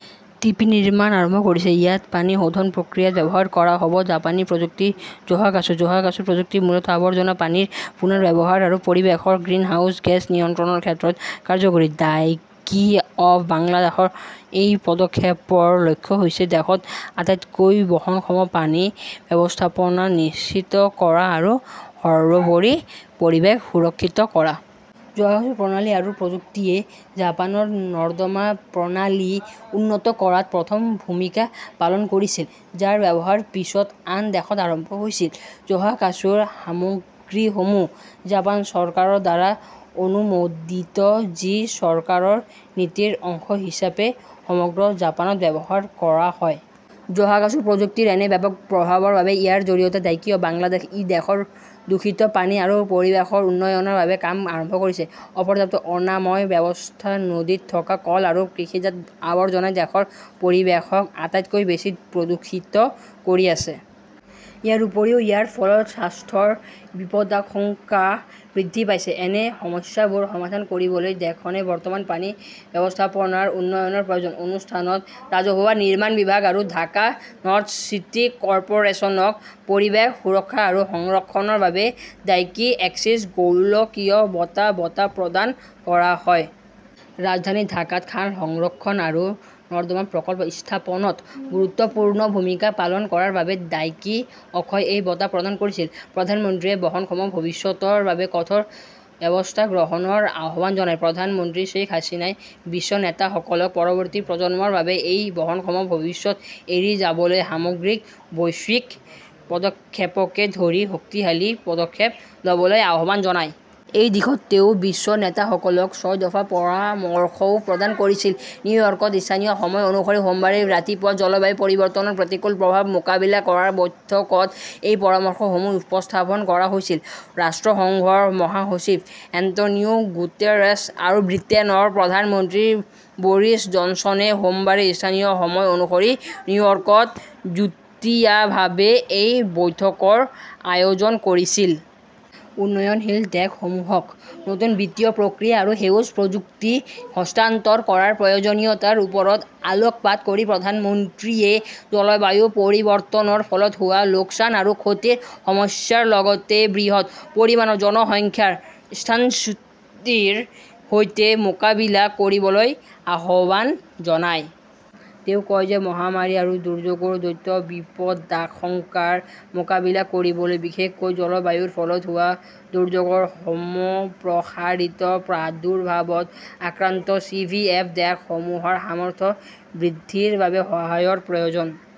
T. P. নিৰ্মাণ আৰম্ভ কৰিছে। ইয়াত পানী শোধন প্ৰক্ৰিয়াত ব্যৱহাৰ কৰা হ 'ব জাপানী প্ৰযুক্তি-জোহাকাচু। জোহাকাচু প্ৰযুক্তি মূলতঃ আৱৰ্জনা পানীৰ পুনৰ্ব্যৱহাৰ আৰু পৰিৱেশৰ গ্ৰিনহাউজ গেছ নিয়ন্ত্ৰণৰ ক্ষেত্ৰত কাৰ্যকৰী। ডাইকি অক্ষ বাংলাদেশৰ এই পদক্ষেপৰ লক্ষ্য হৈছে দেশত আটাইতকৈ বহনক্ষম পানী ব্যৱস্থাপনা নিশ্চিত কৰা আৰু সৰ্বোপৰি পৰিৱেশ সুৰক্ষিত কৰা। জোহাকাচু প্ৰণালী আৰু প্ৰযুক্তিয়ে জাপানৰ নৰ্দমা প্ৰণালী উন্নত কৰাত প্ৰথম ভূমিকা পালন কৰিছিল। যাৰ ব্যৱহাৰ পিছত আন দেশত আৰম্ভ হৈছিল। জোহাকাছুৰ সামগ্ৰীসমূহ জাপান চৰকাৰৰ দ্বাৰা অনুমোদিত যি চৰকাৰৰ নীতিৰ অংশ হিচাপে সমগ্ৰ জাপানত ব্যৱহাৰ কৰা হয়। জোহাকাচু প্ৰযুক্তিৰ এনে ব্যাপক প্ৰভাৱৰ বাবে ইয়াৰ জৰিয়তে 'ডাইকি অক্ষ বাংলাদেশ' ই দেশৰ দূষিত পানী আৰু পৰিৱেশৰ উন্নয়নৰ বাবে কাম আৰম্ভ কৰিছে। অপৰ্যাপ্ত অনাময় ব্যৱস্থা, নদীত থকা কল আৰু কৃষিজাত আৱৰ্জনাই দেশৰ পৰিৱেশক আটাইতকৈ বেছি প্ৰদূষিত কৰি আছে। ইয়াৰ উপৰিও ইয়াৰ ফলত স্বাস্থ্যৰ বিপদাশংকা বৃদ্ধি পাইছে। এনে সমস্যাবোৰ সমাধান কৰিবলৈ দেশখনে বৰ্তমান পানী ব্যৱস্থাপনাৰ উন্নয়নৰ প্ৰয়োজন। অনুষ্ঠানত ৰাজহুৱা নিৰ্মাণ বিভাগ আৰু ঢাকা নৰ্থ চিটি কৰ্পোৰেচন ক 'পৰিৱেশ সুৰক্ষা আৰু সংৰক্ষণৰ বাবে ডাইকি এক্সিছ গোলকীয় বঁটা ' বঁটা প্ৰদান কৰা হয়। ৰাজধানী ঢাকাত খাল সংৰক্ষণ আৰু নৰ্দমা প্ৰকল্প স্থাপনত গুৰুত্বপূৰ্ণ ভূমিকা পালন কৰাৰ বাবে ডাইকি অক্ষই এই বঁটা প্ৰদান কৰিছিল। প্ৰধানমন্ত্ৰীয়ে বহনক্ষম ভৱিষ্যতৰ বাবে কঠোৰ ব্যৱস্থা গ্ৰহণৰ আহ্বান জনায়। প্ৰধানমন্ত্ৰী শ্বেইখ হাছিনাই বিশ্ব নেতাসকলক পৰৱৰ্তী প্ৰজন্মৰ বাবে এক বহনক্ষম ভৱিষ্যত এৰি যাবলৈ 'সামগ্ৰিক বৈশ্বিক' পদক্ষেপকে ধৰি শক্তিশালী পদক্ষেপ ল'বলৈ আহ্বান জনায়। এই দিশত তেওঁ বিশ্ব নেতাসকলক ছয় দফা পৰামৰ্শও প্ৰদান কৰিছিল। নিউয়ৰ্কত স্থানীয় সময় অনুসৰি সোমবাৰে ৰাতিপুৱা জলবায়ু পৰিৱৰ্তনৰ প্ৰতিকূল প্ৰভাৱ মোকাবিলা কৰাৰ বৈঠকত এই পৰামৰ্শসমূহ উপস্থাপন কৰা হৈছিল। ৰাষ্ট্ৰসংঘৰ মহাসচিব এন্টোনিও গুটেৰেছ আৰু ব্ৰিটেইনৰ প্ৰধানমন্ত্ৰী বৰিছ জনছনে সোমবাৰে স্থানীয় সময় অনুসৰি নিউয়ৰ্কত যুটীয়াভাৱে এই বৈঠকৰ আয়োজন কৰিছিল। উন্নয়নশীল দেশসমূহক নতুন বিত্তীয় প্ৰক্ৰিয়া আৰু সেউজ প্ৰযুক্তি হস্তান্তৰ কৰাৰ প্ৰয়োজনীয়তাৰ ওপৰত আলোকপাত কৰি প্ৰধানমন্ত্ৰীয়ে জলবায়ু পৰিৱৰ্তনৰ ফলত হোৱা লোকচান আৰু ক্ষতিৰ সমস্যাৰ লগতে বৃহৎ পৰিমাণৰ জনসংখ্যাৰ স্থানচ্যুতিৰ সৈতে মোকাবিলা কৰিবলৈ আহ্বান জনায়। তেওঁ কয় যে মহামাৰী আৰু দুৰ্যোগৰ দ্বৈত বিপদাশংকাৰ মোকাবিলা কৰিবলৈ বিশেষকৈ জলবায়ুৰ ফলত হোৱা দুৰ্যোগৰ সম্প্ৰসাৰিত প্ৰাদুৰ্ভাৱত আক্ৰান্ত চিভিএফ দেশসমূহৰ সামৰ্থ্য বৃদ্ধিৰ বাবে সহায়ৰ প্ৰয়োজন।